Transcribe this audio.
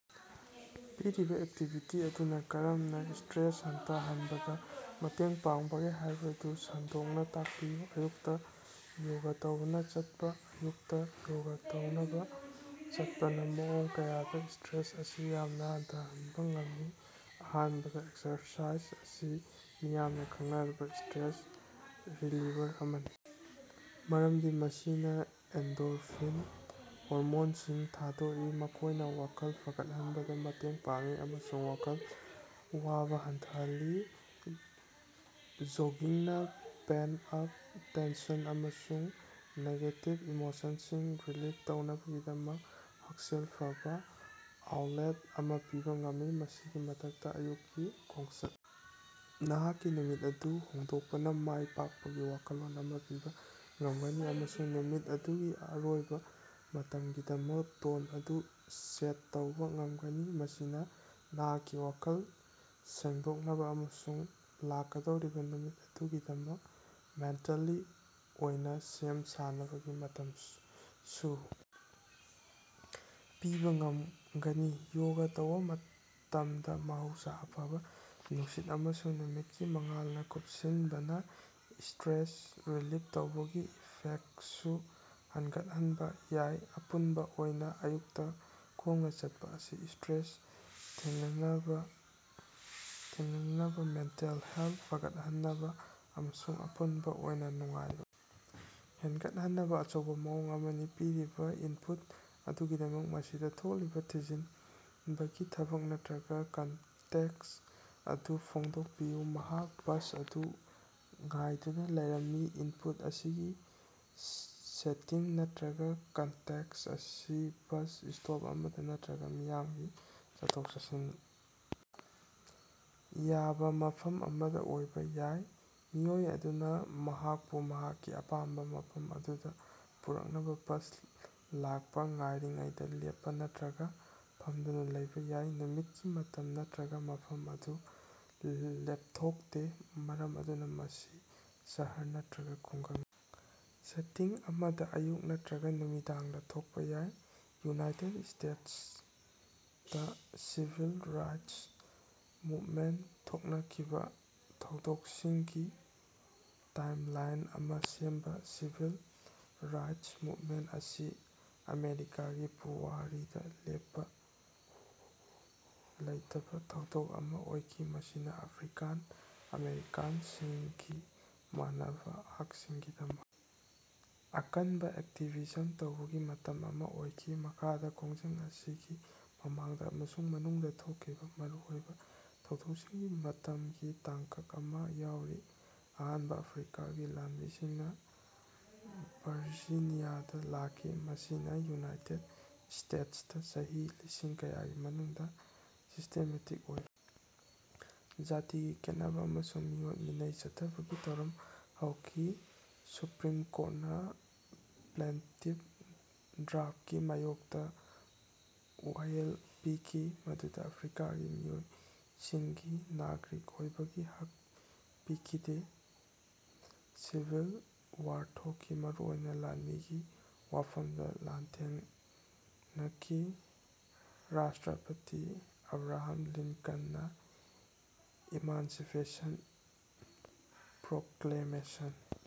ꯄꯤꯔꯤꯕ ꯑꯦꯛꯇꯤꯚꯤꯇꯤ ꯑꯗꯨꯅ ꯀꯔꯝꯅ ꯁ꯭ꯇꯔꯦꯁ ꯍꯟꯊꯍꯟꯕꯗ ꯃꯇꯦꯡ ꯄꯥꯡꯕꯒꯦ ꯍꯥꯏꯕꯗꯨ ꯁꯟꯗꯣꯛꯅ ꯇꯥꯛꯄꯤꯌꯨ꯫ ꯑꯌꯨꯛꯇ ꯌꯣꯒ ꯇꯧꯅꯕ ꯆꯠꯄ- ꯑꯌꯨꯛꯇ ꯌꯣꯒ ꯇꯧꯅꯕ ꯆꯠꯄꯅ ꯃꯑꯣꯡ ꯀꯌꯥꯗ ꯁ꯭ꯇꯔꯦꯁ ꯑꯁꯤ ꯌꯥꯝꯅ ꯍꯟꯊꯍꯟꯕ ꯉꯝꯃꯤ꯫ ꯑꯍꯥꯟꯕꯗ, ꯑꯦꯛꯁꯔꯁꯥꯏꯖ ꯑꯁꯤ ꯃꯤꯌꯥꯝꯅ ꯈꯪꯅꯔꯕ ꯁ꯭ꯇꯔꯦꯁ-ꯔꯤꯂꯤꯚꯔ ꯑꯃꯅꯤ ꯃꯔꯝꯗꯤ ꯃꯁꯤꯅ ꯑꯦꯟꯗꯣꯔꯐꯤꯟ ꯍꯣꯔꯃꯣꯟꯁꯤꯡ ꯊꯥꯗꯣꯛꯏ꯫ ꯃꯈꯣꯏꯅ ꯋꯥꯈꯜ ꯐꯒꯠꯍꯟꯕꯗ ꯃꯇꯦꯡ ꯄꯥꯡꯉꯤ ꯑꯃꯁꯨꯡ ꯋꯥꯈꯜ ꯋꯥꯕ ꯍꯟꯊꯍꯜꯂꯤ꯫ ꯖꯣꯒꯤꯡꯅ ꯄꯦꯟꯇ-ꯑꯞ ꯇꯦꯟꯁꯟ ꯑꯃꯁꯨꯡ ꯅꯦꯒꯦꯇꯤꯚ ꯏꯃꯣꯁꯟꯁꯤꯡ ꯔꯤꯂꯤꯖ ꯇꯧꯅꯕꯒꯤꯗꯃꯛ ꯍꯛꯁꯦꯜ ꯐꯕ ꯑꯥꯎꯇꯂꯦꯠ ꯑꯃ ꯄꯤꯕ ꯉꯝꯃꯤ꯫ ꯃꯁꯤꯒꯤ ꯃꯊꯛꯇ ꯑꯌꯨꯛꯀꯤ ꯈꯣꯡꯆꯠ ꯅꯍꯥꯛꯀꯤ ꯅꯨꯃꯤꯠ ꯑꯗꯨ ꯍꯧꯗꯣꯛꯄꯅ ꯃꯥꯏ ꯄꯥꯛꯄꯒꯤ ꯋꯥꯈꯜꯂꯣꯟ ꯑꯃ ꯄꯤꯕ ꯉꯝꯒꯅꯤ ꯑꯃꯁꯨꯡ ꯅꯨꯃꯤꯠ ꯑꯗꯨꯒꯤ ꯑꯔꯣꯏꯕ ꯃꯇꯝꯒꯤꯗꯃꯛ ꯇꯣꯟ ꯑꯗꯨ ꯁꯦꯠ ꯇꯧꯕ ꯉꯝꯒꯅꯤ꯫ ꯃꯁꯤꯅ ꯅꯍꯥꯛꯀꯤ ꯋꯥꯈꯜ ꯁꯦꯡꯗꯣꯛꯅꯕ ꯑꯃꯁꯨꯡ ꯂꯥꯛꯀꯗꯧꯔꯤꯕ ꯅꯨꯃꯤꯠ ꯑꯗꯨꯒꯤꯗꯃꯛ ꯃꯦꯟꯇꯜꯂꯤ ꯑꯣꯏꯅ ꯁꯦꯝ ꯁꯥꯅꯕꯒꯤ ꯃꯇꯝꯁꯨ ꯄꯤꯕ ꯉꯝꯒꯅꯤ꯫ ꯌꯣꯒ ꯇꯧꯕ ꯃꯇꯝꯗ ꯃꯍꯧꯁꯥ, ꯑꯐꯕ ꯅꯨꯡꯁꯤꯠ ꯑꯃꯁꯨꯡ ꯅꯨꯃꯤꯠꯀꯤ ꯃꯉꯥꯜꯅ ꯀꯨꯞꯁꯤꯟꯕꯅ ꯁ꯭ꯇꯔꯦꯁ ꯔꯤꯂꯤꯐ ꯇꯧꯕꯒꯤ ꯏꯐꯦꯛꯇꯁꯨ ꯍꯦꯟꯒꯠꯍꯟꯕ ꯌꯥꯏ꯫ ꯑꯄꯨꯟꯕ ꯑꯣꯏꯅ, ꯑꯌꯨꯛꯇ ꯈꯣꯡꯅ ꯆꯠꯄ ꯑꯁꯤ ꯁ꯭ꯇꯔꯦꯁ ꯊꯦꯡꯅꯅꯕ ꯊꯦꯡꯅꯅꯕ, ꯃꯦꯟꯇꯜ ꯍꯦꯜꯊ ꯐꯒꯠꯍꯟꯅꯕ ꯑꯃꯁꯨꯡ ꯑꯄꯨꯟꯕ ꯑꯣꯏꯅ ꯅꯨꯡꯉꯥꯏꯕ ꯍꯦꯟꯒꯠꯍꯟꯅꯕ ꯑꯆꯧꯕ ꯃꯑꯣꯡ ꯑꯃꯅꯤ꯫ ꯄꯤꯔꯤꯕ ꯏꯟꯄꯨꯠ ꯑꯗꯨꯒꯤꯗꯃꯛ ꯃꯁꯤꯗ ꯊꯣꯛꯂꯤꯕ ꯊꯤꯖꯤꯟꯕꯒꯤ ꯊꯕꯛ ꯅꯠꯇ꯭ꯔꯒ ꯀꯟꯇꯦꯛꯁ ꯑꯗꯨ ꯐꯣꯡꯗꯣꯛꯄꯤꯌꯨ꯫ ꯃꯍꯥꯛ ꯕꯁ ꯑꯗꯨ ꯉꯥꯏꯗꯨꯅ ꯂꯩꯔꯝꯃꯤ꯫ ꯏꯟꯄꯨꯠ ꯑꯁꯤꯒꯤ ꯁꯦꯇꯤꯡ ꯅꯠꯇ꯭ꯔꯒ ꯀꯟꯇꯦꯛꯁ ꯑꯁꯤ ꯕꯁ ꯁ꯭ꯇꯣꯞ ꯑꯃꯗ ꯅꯠꯇ꯭ꯔꯒ ꯃꯤꯌꯥꯝꯒꯤ ꯆꯠꯊꯣꯛ-ꯆꯠꯁꯤꯟ ꯌꯥꯕ ꯃꯐꯝ ꯑꯃꯗ ꯑꯣꯏꯕ ꯌꯥꯏ꯫ ꯃꯤꯑꯣꯏ ꯑꯗꯨꯅ ꯃꯍꯥꯛꯄꯨ ꯃꯍꯥꯛꯀꯤ ꯑꯄꯥꯝꯕ ꯃꯐꯝ ꯑꯗꯨꯗ ꯄꯨꯔꯛꯅꯕ ꯕꯁ ꯂꯥꯛꯄ ꯉꯥꯏꯔꯤꯉꯩꯗ ꯂꯦꯞꯄ ꯅꯠꯇ꯭ꯔꯒ ꯐꯝꯗꯨꯅ ꯂꯩꯕ ꯌꯥꯏ꯫ ꯅꯨꯃꯤꯠꯀꯤ ꯃꯇꯝ ꯅꯠꯇ꯭ꯔꯒ ꯃꯐꯝ ꯑꯗꯨ ꯂꯦꯞꯊꯣꯛꯇꯦ ꯃꯔꯝ ꯑꯗꯨꯅ ꯃꯁꯤ ꯁꯍꯔ ꯅꯠꯇ꯭ꯔꯒ ꯈꯨꯡꯒꯪ ꯁꯦꯇꯤꯡ ꯑꯃꯗ, ꯑꯌꯨꯛ ꯅꯠꯇ꯭ꯔꯒ ꯅꯨꯃꯤꯗꯥꯡꯗ ꯊꯣꯛꯄ ꯌꯥꯏ꯫ ꯌꯨꯅꯥꯏꯇꯦꯗ ꯁ꯭ꯇꯦꯠꯁꯇ ꯁꯤꯚꯤꯜ ꯔꯥꯏꯠꯁ ꯃꯨꯚꯃꯦꯟꯇ ꯊꯣꯛꯅꯈꯤꯕ ꯊꯧꯗꯣꯛꯁꯤꯡꯒꯤ ꯇꯥꯏꯝꯂꯥꯏꯟ ꯑꯃ ꯁꯦꯝꯕ- ꯁꯤꯚꯤꯜ ꯔꯥꯏꯠꯁ ꯃꯨꯚꯃꯦꯟꯇ ꯑꯁꯤ ꯑꯃꯦꯔꯤꯀꯥꯒꯤ ꯄꯨꯋꯥꯔꯤꯗ ꯂꯦꯞꯄ ꯂꯩꯇꯕ ꯊꯧꯗꯣꯛ ꯑꯃ ꯑꯣꯏꯈꯤ꯫ ꯃꯁꯤꯅ ꯑꯐ꯭ꯔꯤꯀꯥꯟ ꯑꯃꯦꯔꯤꯀꯥꯟꯁꯤꯡꯒꯤ ꯃꯥꯟꯅꯕ ꯍꯛꯁꯤꯡꯒꯤꯗꯃꯛ ꯑꯀꯟꯕ ꯑꯦꯛꯇꯤꯚꯤꯖꯝ ꯇꯧꯕꯒꯤ ꯃꯇꯝ ꯑꯃꯥ ꯑꯣꯏꯈꯤ꯫ ꯃꯈꯥꯗ ꯈꯣꯡꯖꯪ ꯑꯁꯤꯒꯤ ꯃꯃꯥꯡꯗ ꯑꯃꯁꯨꯡ ꯃꯅꯨꯡꯗ ꯊꯣꯛꯈꯤꯕ ꯃꯔꯨꯑꯣꯏꯕ ꯊꯧꯗꯣꯛꯁꯤꯡꯒꯤ ꯃꯇꯝꯒꯤ ꯇꯥꯡꯀꯛ ꯑꯃ ꯌꯥꯎꯔꯤ꯫ ꯑꯍꯥꯟꯕ ꯑꯐ꯭ꯔꯤꯀꯥꯒꯤ ꯂꯥꯟꯃꯤꯁꯤꯡꯅ ꯚꯔꯖꯤꯅꯤꯌꯥꯗ ꯂꯥꯛꯈꯤ꯫ ꯃꯁꯤꯅ ꯌꯨꯅꯥꯏꯇꯦꯗ ꯁ꯭ꯇꯦꯠꯁꯇ ꯆꯍꯤ ꯂꯤꯁꯤꯡ ꯀꯌꯥꯒꯤ ꯃꯅꯨꯡꯗ ꯁꯤꯁ꯭ꯇꯦꯃꯦꯇꯤꯛ ꯑꯣꯏ ꯖꯥꯇꯤꯒꯤ ꯈꯦꯟꯅꯕ ꯑꯃꯁꯨꯡ ꯃꯤꯑꯣꯠ-ꯃꯤꯅꯩ ꯆꯠꯊꯕꯒꯤ ꯊꯧꯔꯝ ꯍꯧꯈꯤ꯫ ꯁꯨꯄ꯭ꯔꯤꯝ ꯀꯣꯔꯇꯅ ꯄ꯭ꯂꯦꯟꯇꯤꯐ ꯗ꯭ꯔꯥꯐꯠꯀꯤ ꯃꯥꯌꯣꯛꯇ ꯋꯥꯌꯦꯜ ꯄꯤꯈꯤ꯫ ꯃꯗꯨꯗ ꯑꯐ꯭ꯔꯤꯀꯥꯒꯤ ꯃꯤꯑꯣꯏꯁꯤꯡꯒꯤ ꯅꯥꯒ꯭ꯔꯤꯛ ꯑꯣꯏꯕꯒꯤ ꯍꯛ ꯄꯤꯈꯤꯗꯦ꯫ ꯁꯤꯚꯤꯜ ꯋꯥꯔ ꯊꯣꯛꯈꯤ꯫ ꯃꯔꯨꯑꯣꯏꯅ ꯂꯥꯟꯃꯤꯒꯤ ꯋꯥꯐꯝꯗ ꯂꯥꯟꯊꯦꯡꯅꯈꯤ꯫ ꯔꯥꯁꯇ꯭ꯔꯄꯇꯤ ꯑꯕ꯭ꯔꯥꯍꯥꯝ ꯂꯤꯟꯀꯟꯅ ꯏꯃꯥꯟꯁꯤꯄꯦꯁꯟ ꯄ꯭ꯔꯣꯀ꯭ꯂꯦꯃꯦꯁꯟ